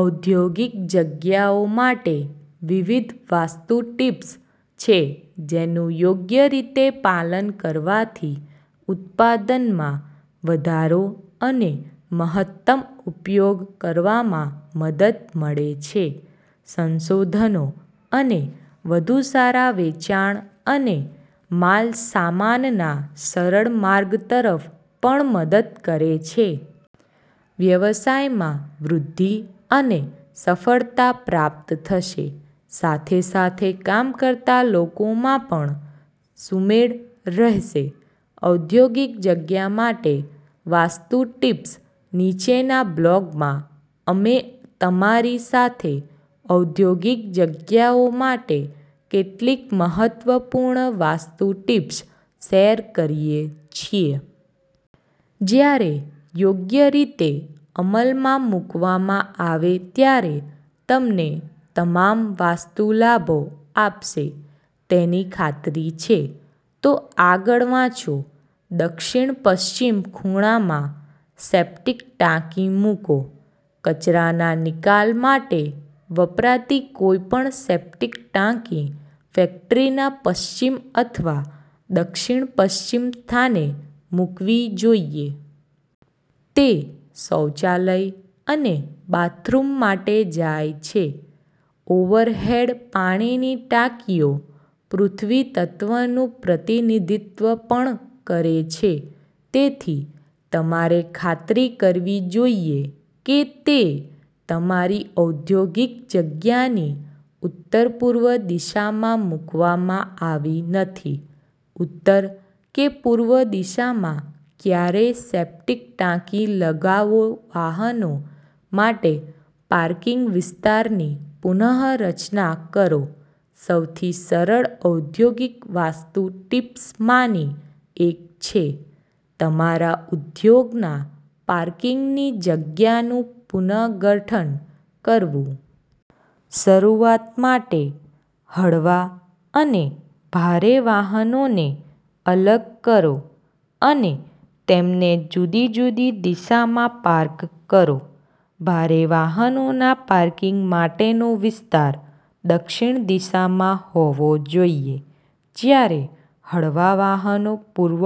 ઔદ્યોગિક જગ્યાઓ માટે વિવિધ વાસ્તુ ટિપ્સ છેજેનું યોગ્ય રીતે પાલન કરવાથી ઉત્પાદનમાં વધારો અને મહત્તમ ઉપયોગ કરવામાં મદદ મળે છે. સંસાધનો, અને વધુ સારા વેચાણ અને માલસામાનના સરળ માર્ગ તરફ પણ મદદ કરે છે. વ્યવસાયમાં વૃદ્ધિ અને સફળતા પ્રાપ્ત થશે, સાથે સાથે કામ કરતા લોકોમાં પણ સુમેળ રહેશે. ઔદ્યોગિક જગ્યા માટે વાસ્તુ ટિપ્સ નીચેના બ્લોગમાં, અમે તમારી સાથે ઔદ્યોગિક જગ્યાઓ માટે કેટલીક મહત્વપૂર્ણ વાસ્તુ ટીપ્સ શેર કરીએ છીએ. જ્યારે યોગ્ય રીતે અમલમાં મૂકવામાં આવે ત્યારેતમને તમામ વાસ્તુ લાભો આપશે તેની ખાતરી છે. તો આગળ વાંચોદક્ષિણપશ્ચિમ ખૂણામાં સેપ્ટિક ટાંકી મૂકો કચરાના નિકાલ માટે વપરાતી કોઈપણ સેપ્ટિક ટાંકી ફેક્ટરીના પશ્ચિમ અથવા દક્ષિણ-પશ્ચિમ સ્થાને મૂકવી જોઈએ. તેશૌચાલય અને બાથરૂમ માટે જાય છે. ઓવરહેડ પાણીની ટાંકીઓ પૃથ્વી તત્વનું પ્રતિનિધિત્વ પણ કરે છે, તેથી તમારે ખાતરી કરવી જોઈએ કે તે તમારી ઔદ્યોગિક જગ્યાની ઉત્તરપૂર્વ દિશામાં મૂકવામાં આવી નથી. ઉત્તર કે પૂર્વ દિશામાં ક્યારેય સેપ્ટિક ટાંકીલગાવો વાહનો માટે પાર્કિંગ વિસ્તારની પુનઃરચના કરો સૌથી સરળ ઔદ્યોગિક વાસ્તુ ટિપ્સમાંની એક છે તમારા ઉદ્યોગના પાર્કિંગની જગ્યાનું પુનર્ગઠન કરવું. શરૂઆત માટે, હળવા અને ભારે વાહનોને અલગ કરો અને તેમને જુદી જુદી દિશામાં પાર્ક કરો. ભારે વાહનોના પાર્કિંગ માટેનો વિસ્તાર દક્ષિણ દિશામાં હોવો જોઈએ, જ્યારે હળવા વાહનો પૂર્વ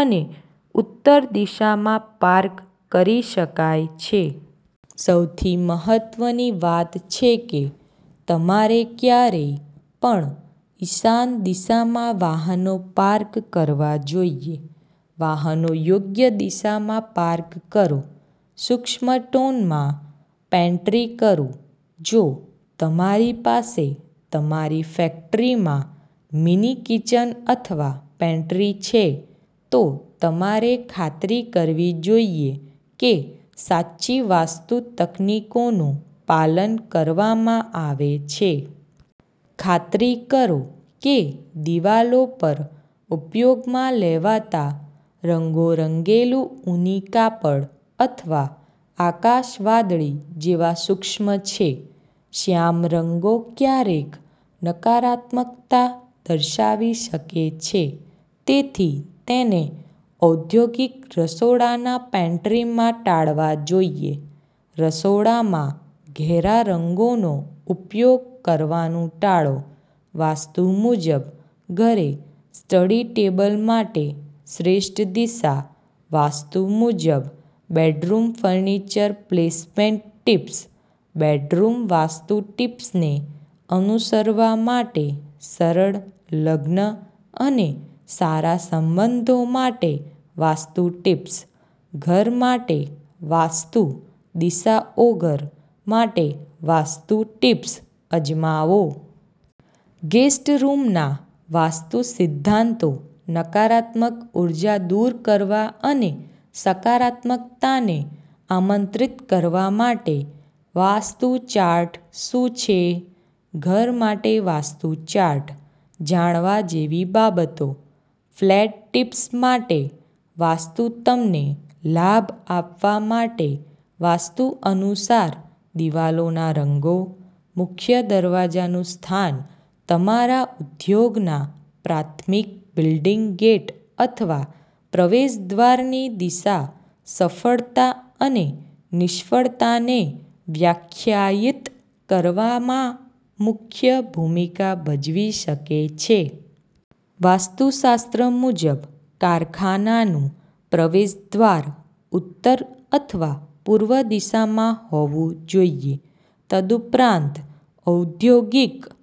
અને ઉત્તર દિશામાં પાર્ક કરી શકાય છે. સૌથી મહત્વની વાતછે કે તમારે ક્યારેય પણ ઈશાન દિશામાં વાહનો પાર્કકરવા જોઈએ. વાહનો યોગ્ય દિશામાં પાર્ક કરો સૂક્ષ્મ ટોન માં પેન્ટ્રી કરું જો તમારી પાસે તમારી ફેક્ટરીમાં મીની-કિચન અથવા પેન્ટ્રી છે, તો તમારે ખાતરી કરવી જોઈએ કે સાચી વાસ્તુ તકનીકોનું પાલન કરવામાં આવે છે. ખાતરી કરો કે દિવાલો પર ઉપયોગમાં લેવાતા રંગોરંગેલું ઊની કાપડ અથવા આકાશ વાદળી જેવા સૂક્ષ્મ છે. શ્યામ રંગો ક્યારેક નકારાત્મકતા દર્શાવી શકે છે, તેથી તેને ઔદ્યોગિક રસોડાના પેન્ટ્રીમાં ટાળવા જોઈએ. રસોડામાં ઘેરા રંગોનો ઉપયોગ કરવાનું ટાળો વાસ્તુ મુજબ ઘરે સ્ટડી ટેબલ માટે શ્રેષ્ઠ દિશા, વાસ્તુ મુજબ bedroom furniture placement tips bedroom vastu ટિપ્સને અનુસરવા માટે સરળ, લગ્ન અને સારા સંબંધો માટે વાસ્તુ ટિપ્સ, ઘર માટે વાસ્તુ દિશાઓઘર માટેવાસ્તુ ટિપ્સ અજમાવો!, ગેસ્ટ રૂમના વાસ્તુ સિદ્ધાંતો નકારાત્મક ઉર્જા દૂર કરવા અને સકારાત્મકતાને આમંત્રિત કરવા માટે, વાસ્તુ ચાર્ટ શું છે? ઘર માટે વાસ્તુ ચાર્ટ. જાણવા જેવી બાબતો., ફ્લેટ ટિપ્સ માટે વાસ્તુતમને લાભ આપવા માટે, વાસ્તુ અનુસાર દિવાલોના રંગો, મુખ્ય દરવાજાનું સ્થાન તમારા ઉદ્યોગના પ્રાથમિક બિલ્ડિંગ ગેટ અથવા પ્રવેશદ્વારની દિશા સફળતા અને નિષ્ફળતાને વ્યાખ્યાયિત કરવામાં મુખ્ય ભૂમિકા ભજવી શકે છે. વાસ્તુશાસ્ત્ર મુજબ કારખાનાનું પ્રવેશદ્વાર ઉત્તર અથવા પૂર્વ દિશામાં હોવું જોઈએ. તદુપરાંત, ઔદ્યોગિક